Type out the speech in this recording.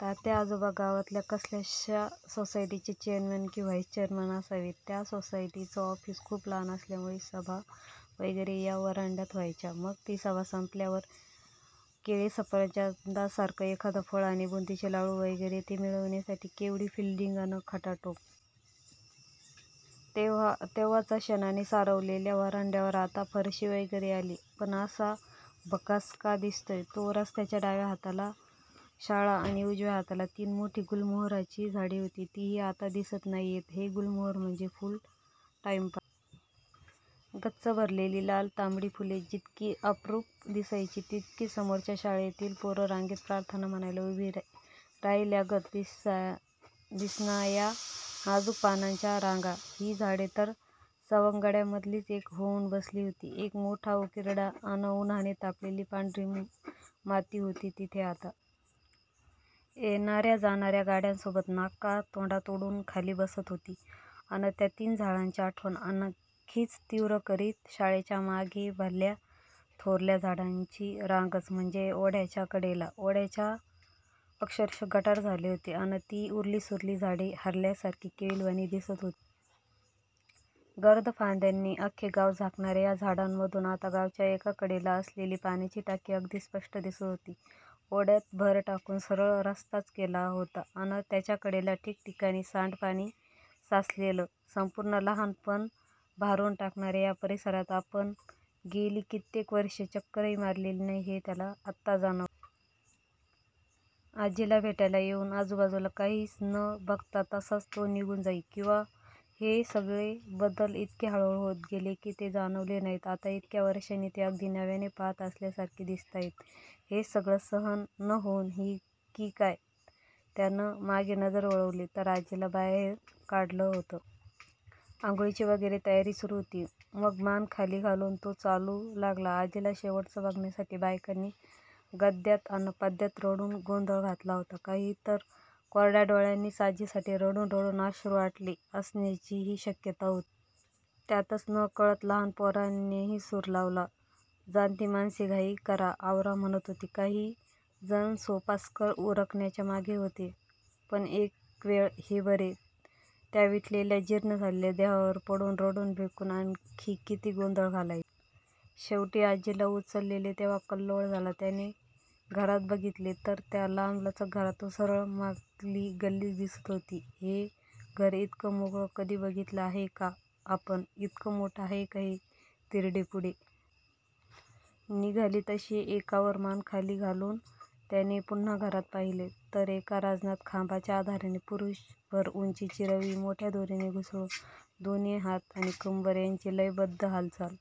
तात्या आजोबा गावातल्या कसल्याशा सोसायटीचे चेअरमन की व्हाईस चेअरमन असावेत. त्या सोसायटीचं ऑफिस खुप लहान असल्यामूळे सभा वगैरे या व्हरांड्यात व्हायच्या. मग ती सभा संपल्यावर केळे-सफरचंदासारखं एखादं फळ आणि बुंदीचे लाडू वगैरे. ते मिळवण्यासाठी केवढी फिल्डिंग अन खटाटोप. तेव्हाचा शेणाने सारवललेल्या व्हरांड्यावर आता फरशी वगैरे आलीय. पण असा भकास का दिसतोय तो? रस्त्याच्या डाव्या हाताला शाळा आणि उजव्या हाताला तीन मोठी गुलमोहराची झाडे होती. तीही आता दिसत नाहीयेत. हे गुलमोहर म्हणजे फुल टाईमपास. गच्च भरलेली लाल तांबडी फुले जितकी अप्रूप दिसायची, तितकीच समोरच्या शाळेतली पोरं रांगेत प्रार्थना म्हणायला उभी राहिल्यागत दिसणाया नाजूक पानांच्या रांगा. ही झाडे तर सवंगड्यांमधलीच एक होऊन बसली होती. एक मोठा उकिरडा अन उन्हाने तापलेली पांढरी माती होती तिथे आता. येणार्या जाणार्या गाड्यांसोबत नाकातोंडात उडून खाली बसत होती, अन त्या तीन झाडांची आठवण आणखीच तीव्र करीत. शाळेच्या मागे भल्या थोरल्या झाडांची रांगच. म्हणजे ओढ्याच्या कडेला. ओढ्याचे अक्षरशः गटार झाले होते अन ती उरलीसुरली झाडे हरल्यासारखी, केविलवाणी दिसत होती. गर्द फांद्यांनी अख्खे गाव झाकणार्या या झाडांमधून आता गावाच्या एकाकडेला असलेली पाण्याची टाकी अगदी स्पष्ट दिसत होती. ओड्यात भर टाकून सरळ रस्ताच केला होता, अन त्याच्याकडेला ठिकठिकाणी सांडपाणी साचलेलं. संपूर्ण लहाणपण भारून टाकणार्या या परिसरात आपण गेली कित्येक वर्षे चक्करही मारलेली नाही, हे त्याला आता जाणवलं. आजीला भेटायला येऊन आजूबाजूला काहीच न बघता तसाच तो निघून जाई. किंवा हे सगळे बदल इतके हळूहळू होत गेले, की ते जाणवले नाहीत. आता इतक्या वर्षांनी ते अगदी नव्याने पाहत असल्यासारखे दिसताहेत. हे सगळं सहन न होऊन की काय, त्यानं मागे नजर वळवली, तर आजीला बाहेर काढलं होतं. आंघोळीची वगैरे तयारी सुरू होती. मग मान खाली घालून तो चालू लागला. आजीला शेवटचं बघण्यासाठी. बायकांनी गद्यात अन पद्यात रडून गोंधळ घातला होता. काही तर कोरड्या डोळ्यांनीच. आजीसाठी रडून रडून अश्रू आटले असण्याचीही शक्यता होती. त्यातच न-कळत्या लहान पोरांनीही सुर लावला. जाणती माणसे घाई करा, आवरा म्हणत होती. काही जण सोपस्कार उरकण्याच्या मागे होते. पण एकवेळ हे बरे. त्या विटलेल्या, जीर्ण झालेल्या देहावर पडून, रडून भेकून, आणखी किती गोंधळ घालायचा? शेवटी आजीला उचलले तेव्हा कल्लोळ झाला. त्याने घरात बघितले, तर त्या लांबलचक घरातून सरळ मागली गल्लीच दिसत होती. हे घर इतकं मोकळं कधी बघितलं आहे का आपण? इतकं मोठं आहे हे? तिरडी पुढे निघाली, तशी एकवार मान खाली घालून त्याने पुन्हा घरात पाहिले, तर एका रांजणात खांबाच्या आधाराने पुरुषभर उंचीची रवी मोठ्या दोरीने घुसळून, दोन्ही हात आणि कंबर यांची लयबध्द हालचाल--